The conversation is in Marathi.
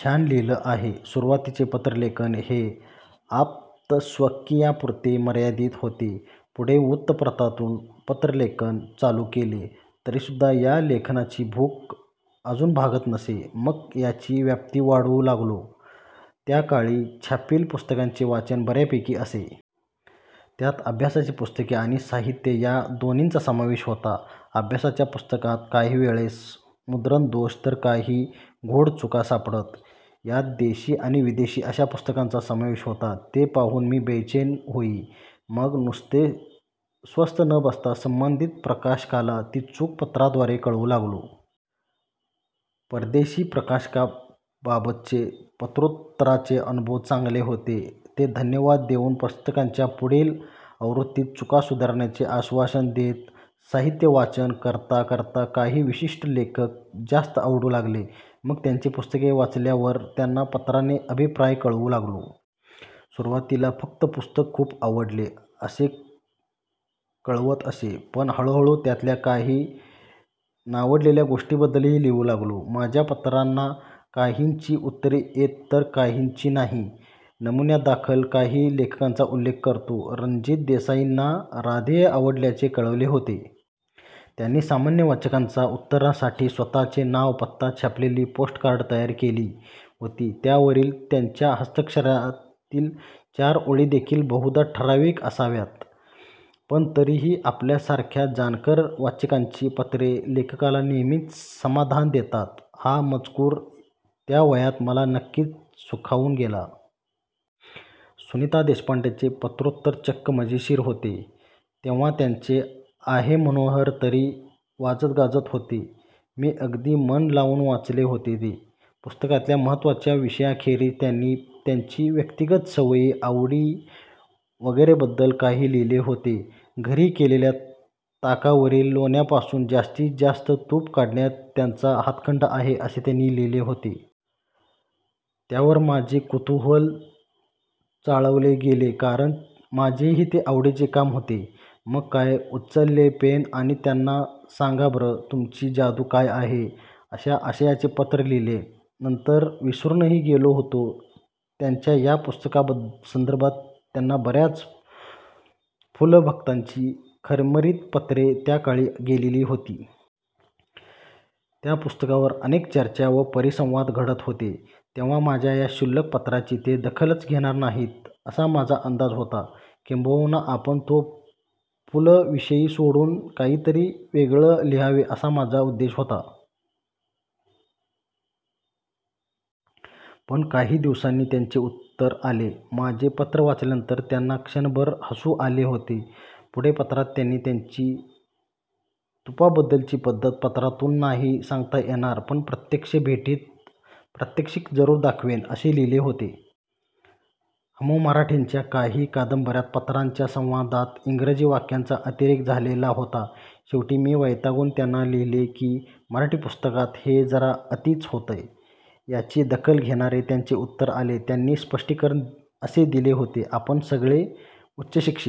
छान लिहिलं आहे. सुरुवातीचे पत्रलेखन हे आप्तस्वकीयांपुरते मर्यादित होते. पुढे वृत्तपत्रांतून पत्रलेखन चालू केले. तरीसुद्धा या लेखनाची भूक अजून भागत नसे! मग त्याची व्याप्ती वाढवू लागलो. त्या काळी छापील पुस्तकांचे वाचन बऱ्यापैकी असे. त्यात अभ्यासाची पुस्तके आणि साहित्य या दोन्हींचा समावेश होता. अभ्यासाच्या पुस्तकांत काही वेळेस मुद्रणदोष तर कधी घोडचुका सापडत. यात देशी आणि विदेशी अशा पुस्तकांचा समावेश होता. ते पाहून मी बेचैन होई. मग नुसते स्वस्थ न बसता संबंधित प्रकाशकाला ती चूक पत्राद्वारे कळवू लागलो. परदेशी प्रकाशकांबाबतचे पत्रोत्तराचे अनुभव चांगले होते. ते धन्यवाद देऊन पुस्तकाच्या पुढील आवृत्तीत चूक सुधारण्याचे आश्वासन देत. साहित्यवाचन करता करता काही विशिष्ट लेखक जास्त आवडू लागले. मग त्यांची पुस्तके वाचल्यावर त्यांना पत्राने अभिप्राय कळवू लागलो. सुरुवातीस फक्त पुस्तक खूप आवडले असे कळवत असे. पण हळूहळू त्यातल्या काही नावडलेल्या गोष्टींबद्दलही लिहू लागलो. माझ्या पत्रांना काहींची उत्तरे येत तर काहींची नाही. नमुन्यादाखल काही लेखकांचा उल्लेख करतो. रणजित देसाईंना राधेय आवडल्याचे कळवले होते. त्यांनी सामान्य वाचकांना उत्तरांसाठी स्वतःचे नाव-पत्ता छापलेली पोस्टकार्डे तयार ठेवलेली होती. त्यावरील त्यांच्या हस्ताक्षरातील चार ओळीदेखील बहुधा ठराविक असाव्यात. पण तरीही, आपल्यासारख्या जाणकार वाचकांची पत्रे लेखकाला नेहमीच समाधान देतात, हा मजकूर त्या वयात मला नक्कीच सुखावून गेला. सुनीता देशपांडेंचे पत्रोत्तर चक्क मजेशीर होते. तेव्हा त्यांचे आहे मनोहर तरी वाजतगाजत होते. मी अगदी मन लावून वाचले होते ते. पुस्तकातल्या महत्त्वाच्या विषयाखेरीज त्यांनी त्यांच्या व्यक्तिगत सवयी, आवडी वगैरेबद्दलही काही लिहिले होते. घरी केलेल्या ताकावरील लोण्यापासून जास्तीत जास्त तूप काढण्यात त्यांचा हातखंडा आहे, असे त्यांनी लिहिले होते. त्यावर माझे कुतूहल चाळवले गेले कारण माझेही ते आवडीचे काम होते. मग काय, उचलले पेन आणि त्यांना सांगा बरं, तुमची जादू काय आहे, अशा आशयाचे पत्र लिहिले. नंतर विसरूनही गेलो होतो. त्यांच्या या पुस्तकासंदर्भात त्यांना बऱ्याच पुलं-भक्तांची खरमरीत पत्रे त्या काळी गेलेली होती. त्या पुस्तकावर अनेक चर्चा व परिसंवाद घडत होते. तेव्हा माझ्या या क्षुल्लक पत्राची ते दखलच घेणार नाहीत असा माझा अंदाज होता. किंबहुना आपण तो पुलं विषय सोडून काहीतरी वेगळे लिहावे हा माझा उद्देश होता. पण काही दिवसांनी त्यांचे उत्तर आले. माझे पत्र वाचल्यावर त्यांना क्षणभर हसू आले होते. पुढे पत्रात त्यांनी, त्यांची तुपाबद्दलची पद्धत पत्रातून नाही सांगता येणार पण प्रत्यक्ष भेटीत प्रात्यक्षिक जरूर दाखवेन, असे लिहिले होते. हमो मराठेंच्या काही कादंबऱ्यांत पात्रांच्या संवादांत इंग्रजी वाक्यांचा अतिरेक झालेला होता. शेवटी मी वैतागून त्यांना लिहिले की मराठी पुस्तकात हे जरा अतिच होतंय. याची दखल घेणारे त्यांचे उत्तर आले. त्यांनी स्पष्टीकरण असे दिले होते. आपण सगळे उच्चशिक्षित